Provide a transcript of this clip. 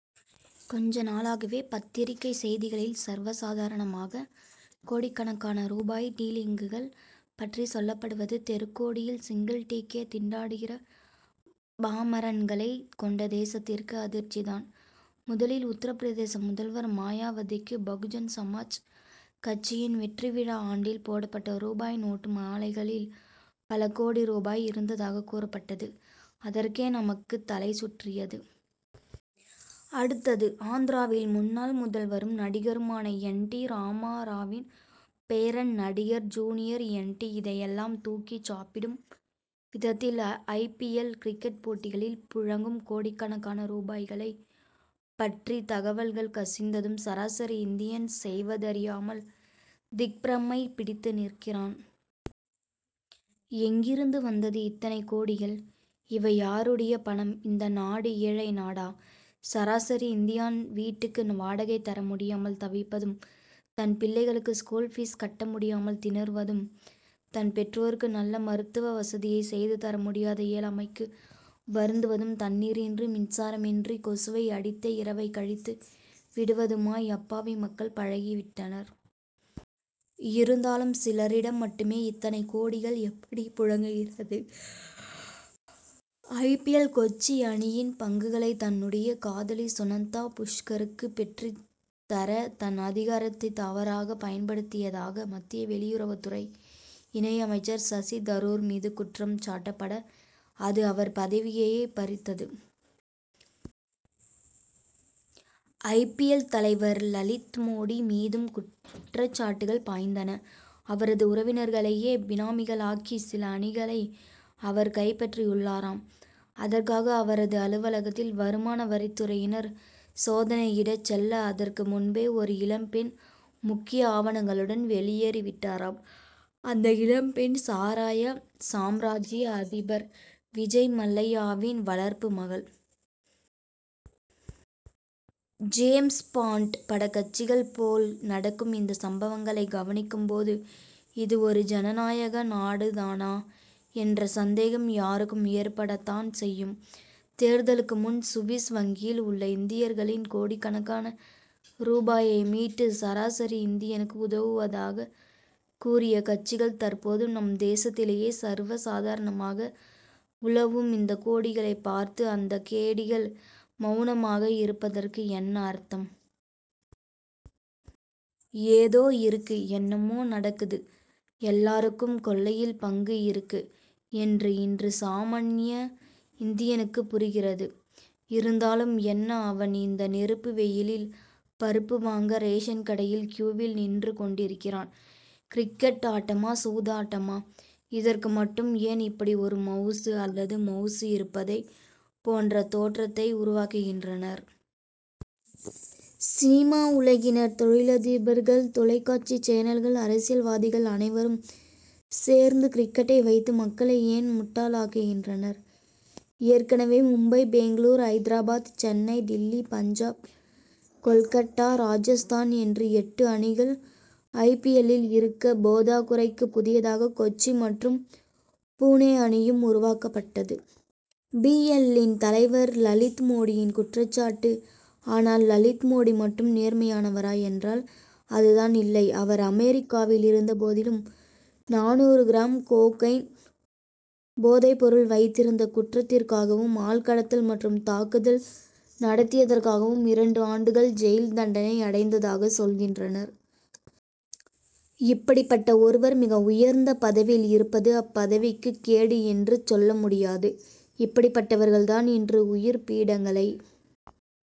கொஞ்ச நாளாகவே பத்திரிகை செய்திகளில் சர்வ சாதாரணமாக கோடிக்கணக்கான ரூபாய் டீலிங்குகள் பற்றி சொல்லப்படுவது தெருக்கோடியில் சிங்கிள் டீக்கே திண்டாடுகிற பாமரன்களை கொண்ட தேசத்திற்கு அதிர்ச்சி தான். முதலில் உத்தரபிரதேச முதல்வர் மாயாவதிக்கு பகுஜன் சமாஜ் கட்சியின் வெற்றி விழா ஆண்டில் போடப்பட்ட ரூபாய் நோட்டு மாலைகளில் பல கோடி ரூபாய் இருந்ததாகக் கூறப்பட்டது அதற்கே நமக்கு தலை சுற்றியது. அடுத்தது ஆந்திராவில் முன்னாள் முதல்வரும் நடிகருமான என். டி. ராமாராவின் பேரன் நடிகர் ஜூனியர் என். டி. இதையெல்லாம் தூக்கி சாப்பிடும் விதத்தில் ஐ. பி. எல். கிரிக்கெட் போட்டிகளில் புழங்கும் கோடிக்கணக்கான ரூபாய்களை பற்றி தகவல்கள் கசிந்ததும் சராசரி இந்தியன் செய்வதறியாமல் திக்பிரமை பிடித்து நிற்கிறான். எங்கிருந்து வந்தது இத்தனை கோடிகள்? இவை யாருடைய பணம்? இந்த நாடு ஏழை நாடா? சராசரி இந்தியன் வீட்டுக்கு வாடகை தர முடியாமல் தவிப்பதும் தன் பிள்ளைகளுக்கு ஸ்கூல் பீஸ் கட்ட முடியாமல் திணறுவதும் தன் பெற்றோருக்கு நல்ல மருத்துவ வசதியை செய்து தர முடியாத இயலாமைக்கு வருந்துவதும் தண்ணீரின்றி மின்சாரமின்றி கொசுவை அடித்தே இரவைக் கழித்து விடுவதுமாய் அப்பாவி மக்கள் பழகி விட்டனர். இருந்தாலும் சிலரிடம் மட்டுமே இத்தனை கோடிகள் எப்படி புழங்குகிறது? ஐ. பி. எல். கொச்சி அணியின் பங்குகளை தன்னுடைய காதலி சுனந்தா புஷ்கருக்கு பெற்றுத்தர தன் அதிகாரத்தை தவறாக பயன்படுத்தியதாக மத்திய வெளியுறவுத் துறை இணை அமைச்சர் சசி தரூர் மீது குற்றம் சாட்டப் பட அது அவர் பதவியையே பறித்தது. ஐ. பி. எல். தலைவர் லலித் மோடி மீதும் குற்றச்சாட்டுகள் பாய்ந்தன. அவரது உறவினர்களையே பினாமிகளாக்கி சில அணிகளை அவர் கைப்பற்றியுள்ளாராம். அதற்காக அவரது அலுவலகத்தில் வருமான வரித்துறையினர் சோதனையிட செல்ல அதற்கு முன்பே ஒரு இளம் பெண் முக்கிய ஆவணங்களுடன் வெளியேறிவிட்டாராம். அந்த இளம் பெண் சாராய சாம்ராஜ்ய அதிபர் விஜய் மல்லையாவின் வளர்ப்பு மகள். ஜேம்ஸ் பாண்ட் படக் கட்சிகள் போல் நடக்கும் இந்த சம்பவங்களை கவனிக்கும் போது இது ஒரு ஜனநாயக நாடுதானா என்ற சந்தேகம் யாருக்கும் ஏற்படத்தான் செய்யும். தேர்தலுக்கு முன் சுவிஸ் வங்கியில் உள்ள இந்தியர்களின் கோடிக்கணக்கான ரூபாயை மீட்டு சராசரி இந்தியனுக்கு உதவுவதாக கூறிய கட்சிகள் தற்போது நம் தேசத்திலேயே சர்வசாதாரணமாக உலவும் இந்த கோடிகளை பார்த்து அந்த கேடிகள் மவுனமாக இருப்பதற்கு என்ன அர்த்தம்? ஏதோ இருக்கு என்னமோ நடக்குது எல்லாருக்கும் கொள்ளையில் பங்கு இருக்கு என்று இன்று சாமான்ய இந்தியனுக்குப் புரிகிறது. இருந்தாலும் என்னஅவன் இந்த நெருப்பு வெயிலில் பருப்பு வாங்க ரேஷன் கடையில் க்யூவில் நின்று கொண்டிருக்கிறான். கிரிக்கெட் ஆட்டமா சூதாட்டமா? இதற்கு மட்டும் ஏன் இப்படி ஒரு மவுசு அல்லது மவுசு இருப்பதை போன்ற தோற்றத்தை உருவாக்குகின்றனர்? சினிமா உலகினர் தொழிலதிபர்கள் தொலைக்காட்சி சேனல்கள் அரசியல்வாதிகள் அனைவரும் சேர்ந்து கிரிக்கெட்டை வைத்து மக்களை ஏன் முட்டாள்களாக்குகின்றனர். ஏற்கனவே மும்பை பெங்களூரு ஐதராபாத் சென்னை டில்லி பஞ்சாப் கோல்கட்டா ராஜஸ்தான் என்று எட்டு அணிகள் ஐ. பி. எல்.லில் இருக்க போதாக்குறைக்கு புதியதாக கொச்சி மற்றும் புனே அணியும் உருவாக்கப்பட்டது. பி. எல்.லின் தலைவர் லலித் மோடியின் குற்றச் சாட்டு. ஆனால் லலித் மோடி மட்டும் நேர்மையானவரா என்றால் அதுதான் இல்லை. அவர் அமெரிக்காவில் இருந்தபோதிலும் நானூறு கிராம் கோகைன் போதை பொருள் வைத்திருந்த குற்றத்திற்காகவும் ஆள்கடத்தல் மற்றும் தாக்குதல் நடத்தியதற்காகவும் இரண்டு ஆண்டுகள் ஜெயில் தண்டனை அடைந்ததாக சொல்கின்றனர். இப்படிப்பட்ட ஒருவர் மிக உயர்ந்த பதவியில் இருப்பது அப்பதவிக்கு கேடு என்று சொல்ல முடியாது இப்படிப்பட்டவர்கள் தான் இன்று உயர் பீடங்களை